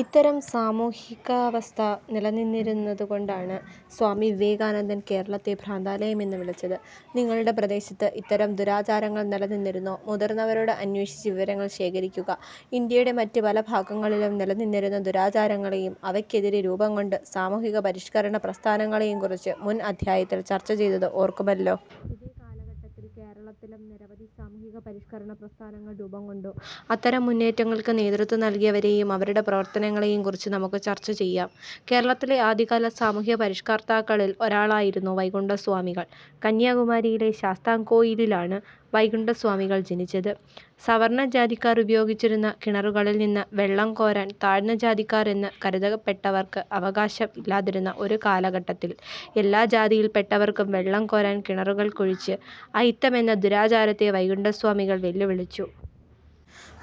ഇത്തരം സാമൂഹികാവസ്ഥ നിലനിന്നിരുന്നതുകൊണ്ടാണ് സ്വാമി വിവേകാനന്ദൻ കേരളത്തെ ഭ്രാന്താലയം' എന്ന് വിളിച്ചത്. നിങ്ങളുടെ പ്രദേശത്ത് ഇത്തരം ദുരാചാരങ്ങൾ നിലനിന്നിരുന്നോ? മുതിർന്നവരോട് അന്വേഷിച്ച് വിവരങ്ങൾ ശേഖരിക്കുക. ഇന്ത്യയുടെ മറ്റ് പല ഭാഗങ്ങളിലും നിലനിന്നിരുന്ന ദുരാചാരങ്ങളെയും അവയ്ക്കെതിരെ രൂപം കൊണ്ട് സാമൂഹിക പരിഷ്കരണ പ്രസ്ഥാനങ്ങളെയും കുറിച്ച് മുൻ അധ്യായത്തിൽ ചർച്ചചെയ്തത് ഓർക്കുമല്ലോ. ഇതേ കാലഘട്ടത്തിൽ കേരളത്തിലും നിരവധി സാമൂഹിക പരിഷ്കരണ പ്രസ്ഥാനങ്ങൾ രൂപം കൊണ്ടു. അത്തരം മുന്നേറ്റങ്ങൾക്ക് നേതൃത്വം നൽകിയവരെയും അവരുടെ പ്രവർത്തനങ്ങളെയും കുറിച്ച് നമുക്ക് ചർച്ച ചെയ്യാം. കേരളത്തിലെ ആദ്യകാല സാമൂഹ്യപരിഷ്ക്കർത്താക്കളിൽ ഒരാളായിരുന്നു വൈകുണ്ഠസ്വാമികൾ. കന്യാകുമാരിയിലെ ശാസ്താംകോയിലിലാണ് വൈകുണ്ഠ സ്വാമികൾ ജനിച്ചത്. സവർണ്ണജാതിക്കാർ ഉപയോഗിച്ചിരുന്ന കിണറുകളിൽ നിന്ന് വെള്ളം കോരാൻ താഴ്ന്നജാതിക്കാർ എന്ന് കരുതപ്പെട്ടവർക്ക് അവകാശം ഇല്ലാതിരുന്ന ഒരു കാലഘട്ടത്തിൽ എല്ലാ ജാതിയിൽപ്പെട്ടവർക്കും വെള്ളം കോരാൻ കിണറുകൾ കുഴിച്ച് അയിത്തമെന്ന ദുരാചാരത്തെ വൈകുണ്ഠ സ്വാമികൾ വെല്ലുവിളിച്ചു.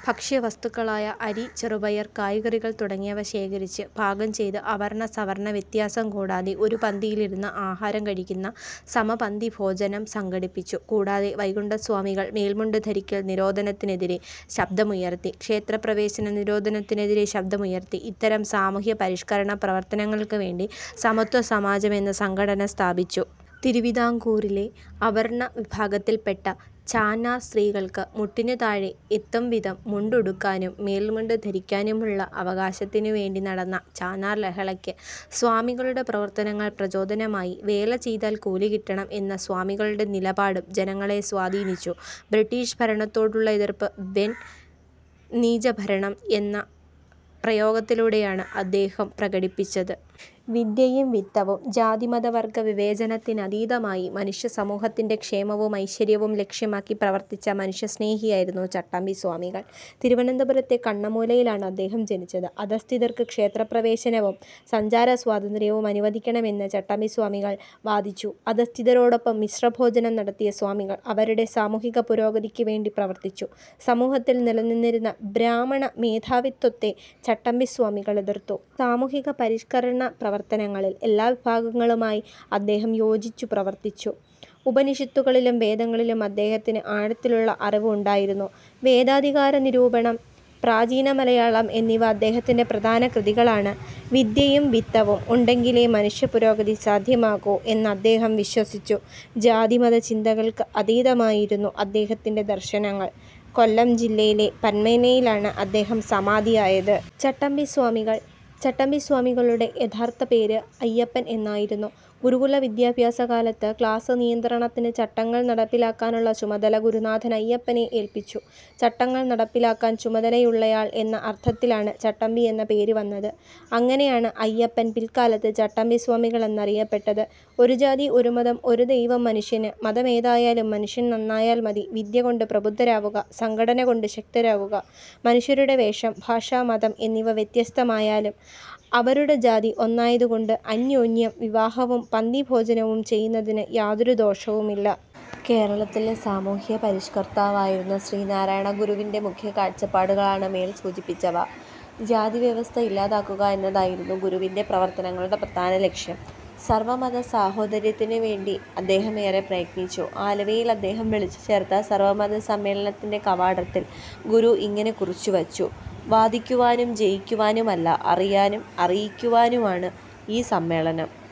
ഭക്ഷ്യവസ്തുക്കളായ അരി, ചെറുപയർ, കായ്കറികൾ തുടങ്ങിയവ ശേഖരിച്ച് പാകം ചെയ്ത് അവർണ്ണ സവർണ്ണ വ്യത്യാസം കൂടാതെ ഒരു പന്തിയിലിരുന്ന് ആഹാരം കഴിക്കുന്ന സമപന്തി ഭോജനം സംഘടിപ്പിച്ചു. കൂടാതെ വൈകുണ്ഠസ്വാമികൾ മേൽമുണ്ട് ധരിക്കൽ നിരോധനത്തിനെതിരെ ശബ്ദമുയർത്തി. ക്ഷേത്രപ്രവേശന നിരോധനത്തിനെതിരെ ശബ്ദമുയർത്തി. ഇത്തരം സാമൂഹ്യപരിഷ്കരണപ്രവർത്തനങ്ങൾക്കുവേണ്ടി സമത്വസമാജം എന്ന സംഘടന സ്ഥാപിച്ചു. തിരുവിതാംകൂറിലെ അവർണ്ണ വിഭാഗത്തിൽപ്പെട്ട ചാന്നാർ സ്ത്രീകൾക്ക് മുട്ടിനുതാഴെ എത്തും വിധം മുണ്ടുടുക്കാനും മേൽമുണ്ട് ധരിക്കാനുമുള്ള അവകാശത്തിനുവേണ്ടി നടന്ന ചാന്നാർ ലഹളയ്ക്ക് സ്വാമികളുടെ പ്രവർത്തനങ്ങൾ പ്രചോദനമായി. "വേല ചെയ്താൽ കൂലി കിട്ടണം" എന്ന സ്വാമികളുടെ നിലപാടും ജനങ്ങളെ സ്വാധീനിച്ചു. ബ്രിട്ടീഷ് ഭരണത്തോടുള്ള എതിർപ്പ് "വെൺ നീചഭരണം' എന്ന പ്രയോഗത്തിലൂടെയാണ് അദ്ദേഹം പ്രകടിപ്പിച്ചത്. വിദ്യയും വിത്തവും ജാതിമത വർഗ്ഗ വിവേചനത്തിനതീതമായി മനുഷ്യസമൂഹത്തിന്റെ ക്ഷേമവും ഐശ്വര്യവും ലക്ഷ്യമാക്കി പ്രവർത്തിച്ച മനുഷ്യ സ്നേഹിയായിരുന്നു ചട്ടമ്പി സ്വാമികൾ. തിരുവനന്തപുരത്തെ കണ്ണമൂലയിലാണ് അദ്ദേഹം ജനിച്ചത്. അധഃസ്ഥിതർക്ക് ക്ഷേത്രപ്രവേശനവും സഞ്ചാരസ്വാതന്ത്ര്യവും അനുവദിക്കണമെന്ന് ചട്ടമ്പിസ്വാമികൾ വാദിച്ചു. അധഃസ്ഥിതരോടൊപ്പം മിശ്രഭോജനം നടത്തിയ സ്വാമികൾ അവരുടെ സാമൂഹിക പുരോഗതിക്കുവേണ്ടി പ്രവർത്തിച്ചു. സമൂഹത്തിൽ നില നിന്നിരുന്ന ബ്രാഹ്മണമേധാവിത്വത്തെ ചട്ടമ്പിസ്വാമികൾ എതിർത്തു. സാമൂഹികപരിഷ്കരണ പ്രവർത്തനങ്ങളിൽ എല്ലാവിഭാഗങ്ങളുമായി അദ്ദേഹം യോജിച്ചു പ്രവർത്തിച്ചു. ഉപനിഷത്തുകളിലും വേദങ്ങളിലും അദ്ദേഹത്തിന് ആഴത്തിലുള്ള അറിവ് ഉണ്ടായിരുന്നു. ""വേദാധികാരനിരൂപണം', ""പ്രാചീനമലയാളം' എന്നിവ അദ്ദേഹത്തിന്റെ പ്രധാന കൃതികളാണ്. ""വിദ്യയും വിത്തവും' ഉണ്ടെങ്കിലേ മനുഷ്യപുരോഗതി സാധ്യമാകൂ എന്നദ്ദേഹം വിശ്വസിച്ചു. ജാതി മത ചിന്തകൾക്കതീതമായിരുന്നു അദ്ദേഹത്തിന്റെ ദർശനങ്ങൾ. കൊല്ലം ജില്ലയിലെ പന്മനയിലാണ് അദ്ദേഹം സമാധി ആയത്. ചട്ടമ്പി സ്വാമികൾ ചട്ടമ്പിസ്വാമികളുടെ യഥാർത്ഥ പേര് അയ്യപ്പൻ എന്നായിരുന്നു. ഗുരുകുല വിദ്യാഭ്യാസകാലത്ത് ക്ലാസ് നിയന്ത്രണത്തിന് ചട്ടങ്ങൾ നടപ്പിലാക്കാനുള്ള ചുമതല ഗുരുനാഥൻ അയ്യപ്പനെ ഏൽപ്പിച്ചു. ചട്ടങ്ങൾ നടപ്പിലാക്കാൻ ചുമതലയുള്ളയാൾ എന്ന അർത്ഥത്തിലാണ് ചട്ടമ്പി എന്ന പേര് വന്നത്. അങ്ങനെയാണ് അയ്യപ്പൻ പിൽക്കാലത്ത് ചട്ടമ്പി സ്വാമികൾ എന്നറിയപ്പെട്ടത്. "ഒരു ജാതി ഒരു മതം ഒരു ദൈവം മനുഷ്യന്' ", "മതമേതായാലും മനുഷ്യൻ നന്നായാൽ മതി', ""വിദ്യകൊണ്ട് പ്രബുദ്ധരാവുക, സംഘടന കൊണ്ട് ശക്തരാകുക' "മനുഷ്യരുടെ വേഷം, ഭാഷ, മതം എന്നിവ വ്യത്യസ്തമായാലും അവരുടെ ജാതി ഒന്നായതുകൊണ്ട്, അന്യോന്യം വിവാഹവും പന്തിഭോജനവും ചെയ്യുന്നതിന് യാതൊരു ദോഷവുമില്ല. ' കേരളത്തിലെ സാമൂഹ്യപരിഷ്കർത്താവായിരുന്ന ശ്രീനാരായണ ഗുരുവിന്റെ മുഖ്യ കാഴ്ചപ്പാടുകളാണ് മേൽ സൂചിപ്പിച്ചവ. ജാതിവ്യവസ്ഥ ഇല്ലാതാക്കുക എന്നതായിരുന്നു ഗുരുവിന്റെ പ്രവർത്തനങ്ങളുടെ പ്രധാനലക്ഷ്യം. സർവ്വമത സാഹോദര്യത്തിനുവേണ്ടി അദ്ദേഹം ഏറെ പ്രയത്നിച്ചു. ആലുവയിൽ അദ്ദേഹം വിളിച്ചുചേർത്ത സർവ്വമത സമ്മേളനത്തിന്റെ കവാടത്തിൽ ഗുരു ഇങ്ങനെ കുറിച്ചുവച്ചു. വാദിക്കുവാനും ജയിക്കുവാനുമല്ല, അറിയാനും അറിയിക്കുവാനുമാണ് ഈ സമ്മേളനം.